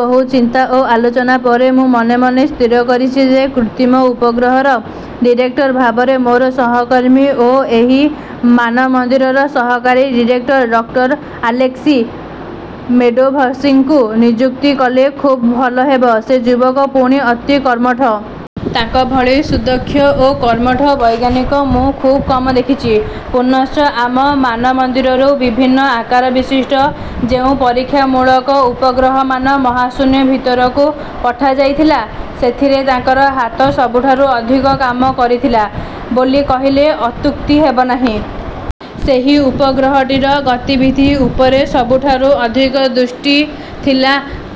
ବହୁ ଚିନ୍ତା ଓ ଆଲୋଚନା ପରେ ମୁଁ ମନେ ମନେ ସ୍ଥିର କରିଛି ଯେ, କୃତ୍ରିମ ଉପଗ୍ରହର ଡିରେକ୍ଟର ଭାବରେ ମୋର ସହକର୍ମୀ ଓ ଏହି ମାନମନ୍ଦିରର ସହକାରୀ ଡିରେକ୍ଟର ଡକ୍ଟର ଆଲେସ୍କି ମେଡ଼ୋଭସ୍କିଙ୍କୁ ନିଯୁକ୍ତ କଲେ ଖୁବ୍ ଭଲ ହେବ। ସେ ଯୁବକ, ପୁଣି ଅତି କର୍ମଠ। ତାଙ୍କ ଭଳି ସୁଦକ୍ଷ ଓ କର୍ମଠ ବୈଜ୍ଞାନିକ ମୁଁ ଖୁବ୍ କମ୍ ଦେଖିଛି। ପୁନଶ୍ଚ ଆମ ମାନମନ୍ଦିରରୁ ବିଭିନ୍ନ ଆକାରବିଶିଷ୍ଟ ଯେଉଁ ପରୀକ୍ଷାମୂଳକ ଉପଗ୍ରହମାନ ମହାଶୂନ୍ୟ ଭିତରକୁ ପଠାଯାଇଥିଲା, ସେଥିରେ ତାଙ୍କର ହାତ ସବୁଠାରୁ ଅଧିକ କାମ କରିଥିଲା ବୋଲି କହିଲେ ଅତ୍ୟୁକ୍ତି ହେବ ନାହିଁ। ସେହି ଉପଗ୍ରହଟିର ଗତିବିଧି ଉପରେ ସବୁଠାରୁ ଅଧିକ ଦୃଷ୍ଟି ଥିଲା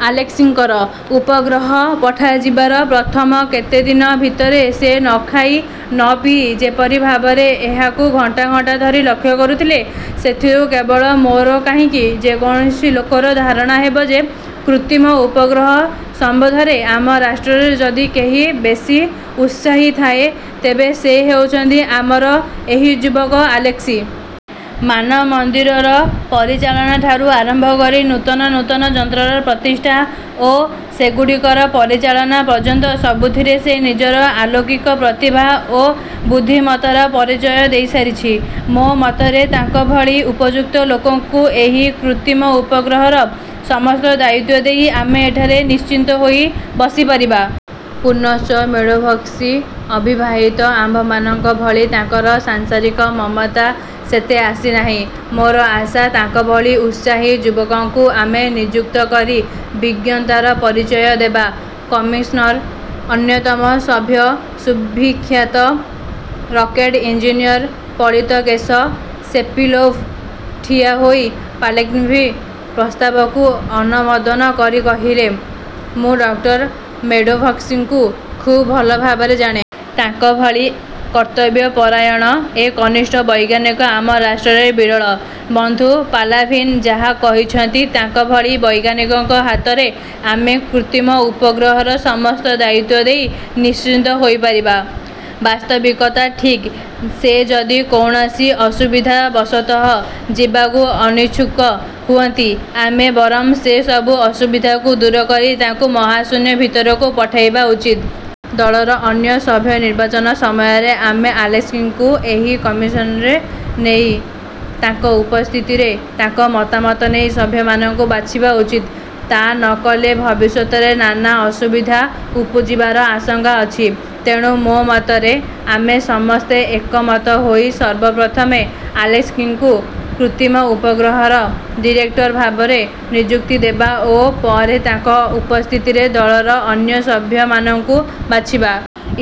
ଆଲେସ୍କିଙ୍କର। ଉପଗ୍ରହ ପଠାଯିବାର ପ୍ରଥମ କେତେଦିନ ଭିତରେ ସେ ନଖାଇ ନପିଇ ଯେପରି ଭାବରେ ଏହାକୁ ଘଣ୍ଟା ଘଣ୍ଟା ଧରି ଲକ୍ଷ୍ୟ କରୁଥିଲେ, ସେଥିରୁ କେବଳ ମୋର କାହିଁକି ଯେକୌଣସି ଲୋକର ଧାରଣା ହେବ ଯେ, କୃତ୍ରିମ ଉପଗ୍ରହ ସମ୍ୱନ୍ଧରେ ଆମ ରାଷ୍ଟ୍ରରେ ଯଦି କେହି ବେଶି ଉତ୍ସାହୀ ଥାଏ, ତେବେ ସେ ହେଉଛନ୍ତି ଆମର ଏହି ଯୁବକ ଆଲେସ୍କି। ମାନମନ୍ଦିରର ପରିଚାଳନାଠାରୁ ଆରମ୍ଭ କରି ନୂତନ ନୂତନ ଯନ୍ତ୍ରର ପ୍ରତିଷ୍ଠା ଓ ସେଗୁଡ଼ିକର ପରିଚାଳନା ପର୍ଯ୍ୟନ୍ତ ସବୁଥିରେ ସେ ନିଜର ଆଲୌକିକ ପ୍ରତିଭା ଓ ବୁଦ୍ଧିମତ୍ତାର ପରିଚୟ ଦେଇସାରିଛନ୍ତି। ମୋ ମତରେ ତାଙ୍କ ଭଳି ଉପଯୁକ୍ତ ଲୋକଙ୍କୁ ଏହି କୃତ୍ରିମ ଉପଗ୍ରହର ସମସ୍ତ ଦାୟିତ୍ୱ ଦେଇ ଆମେ ଏଠାରେ ନିଶ୍ଚିନ୍ତହୋଇ ବସିପାରିବା। ପୁନଶ୍ଚ ମେଡ଼ୋଭସ୍କି ଅବିବାହିତ। ଆମ୍ଭମାନଙ୍କ ଭଳି ତାଙ୍କର ସାଂସାରିକ ମମତା ସେତେ ଆସିନାହିଁ। ମୋର ଆଶା, ତାଙ୍କଭଳି ଉତ୍ସାହୀ। ଯୁବକଙ୍କୁ ଆମେ ନିଯୁକ୍ତ କରି ବିଜ୍ଞତାର ପରିଚୟ ଦେବା। '' କମିଶନ୍ର ଅନ୍ୟତମ ସଭ୍ୟ ସୁବିଖ୍ୟାତ ରକେଟ୍ ଇଞ୍ଜିନିୟର ପଳିତକେଶ ସେପିଲୋଭ୍ ଠିଆହୋଇ ପାଲାଭିନ୍ଙ୍କ ପ୍ରସ୍ତାବକୁ ଅନୁମୋଦନ କରି କହିଲେ, ''ମୁଁ ଡକ୍ଟର ମେଡ଼ୋଭସ୍କିଙ୍କୁ ଖୁବ୍ ଭଲଭାବରେ ଜାଣେ। ତାଙ୍କଭଳି କର୍ତ୍ତବ୍ୟପରାୟଣ, ଏ କନିଷ୍ଠ ବୈଜ୍ଞାନିକ ଆମ ରାଷ୍ଟ୍ରରେ ବିରଳ। ବନ୍ଧୁ ପାଲାଭିନ୍ ଯାହା କହୁଛନ୍ତି ତାଙ୍କ ଭଳି ବୈଜ୍ଞାନିକଙ୍କ ହାତରେ ଆମେ କୃତ୍ରିମ ଉପଗ୍ରହର ସମସ୍ତ ଦାୟିତ୍ୱ ଦେଇ ନିଶ୍ଚିନ୍ତ ରହିପାରିବା; ବାସ୍ତବିକ ତା ଠିକ୍। ସେ ଯଦି କୌଣସି ଅସୁବିଧାବଶତଃ ଯିବାକୁ ଅନିଚ୍ଛୁକ ହୁଅନ୍ତି, ଆମେ ବରଂ ସେ ସବୁ ଅସୁବିଧାକୁ ଦୂରକରି ତାଙ୍କୁ ମହାଶୂନ୍ୟ ଭିତରକୁ ପଠାଇବା ଉଚିତ। ଦଳର ଅନ୍ୟ ସଭ୍ୟ ନିର୍ବାଚନ ସମୟରେ ଆମେ ଆଲେସ୍କିଙ୍କୁ ଏହି କମିଶନ୍ରେ ନେଇ ତାଙ୍କ ଉପସ୍ଥିତିରେ ତାଙ୍କ ମତାମତ ନେଇ ସଭ୍ୟମାନଙ୍କୁ ବାଛିବା ଉଚିତ। ତା ନକଲେ ଭବିଷ୍ୟତରେ ନାନା ଅସୁବିଧା ଉପୁଜିବାର ଆଶଙ୍କା ଅଛି। ତେଣୁ ମୋ ମତରେ, ଆମେ ସମସ୍ତେ ଏକମତ ହୋଇ ସର୍ବପ୍ରଥମେ ଆଲେସ୍କିଙ୍କୁ କୃତ୍ରିମ ଉପଗ୍ରହର ଡିରେକ୍ଟର ଭାବରେ ନିଯୁକ୍ତି ଦେବା ଓ ପରେ ତାଙ୍କ ଉପସ୍ଥିତିରେ ଦଳର ଅନ୍ୟ ସଭ୍ୟମାନଙ୍କୁ ବାଛିବା।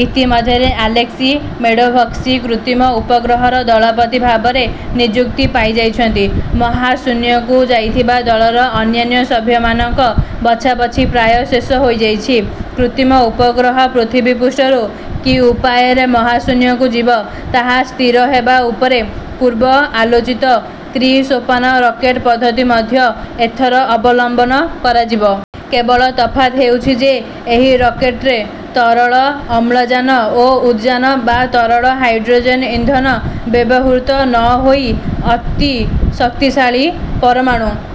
ଇତିମଧ୍ୟରେ ଆଲେସ୍କି ମେଡ଼ୋଭସ୍କି କୃତ୍ରିମ ଉପଗ୍ରହର ଦଳପତି ଭାବରେ ନିଯୁକ୍ତି ପାଇଯାଇଛନ୍ତି। ମହାଶୂନ୍ୟକୁ ଯାଉଥିବା ଦଳର ଅନ୍ୟାନ୍ୟ ସଭ୍ୟମାନଙ୍କ ବଛାବଛି ପ୍ରାୟ ଶେଷ ହୋଇଯାଇଛି। କୃତ୍ରିମ ଉପଗ୍ରହ ପୃଥିବୀପୃଷ୍ଠରୁ କି ଉପାୟରେ ମହାଶୂନ୍ୟକୁ ଯିବ, ତାହା ସ୍ଥିର ହେବା ଉପରେ। ପୂର୍ବ ଆଲୋଚିତ ତ୍ରି-ସୋପାନ ରକେଟ୍ ପଦ୍ଧତି ମଧ୍ୟ ଏଥର ଅବଲମ୍ୱନ କରାଯିବ। କେବଳ ତଫାତ୍ ହେଉଛି ଯେ, ଏହି ରକେଟ୍ରେ ତରଳ ଅମ୍ଳଜାନ ଓ ଉଦ୍ଜାନ ବା ତରଳ ହାଇଡ଼୍ରୋଜେନ୍ ଇନ୍ଧନ ବ୍ୟବହୃତ ନ ହୋଇ ଅତି ଶକ୍ତିଶାଳୀ ପରମାଣୁ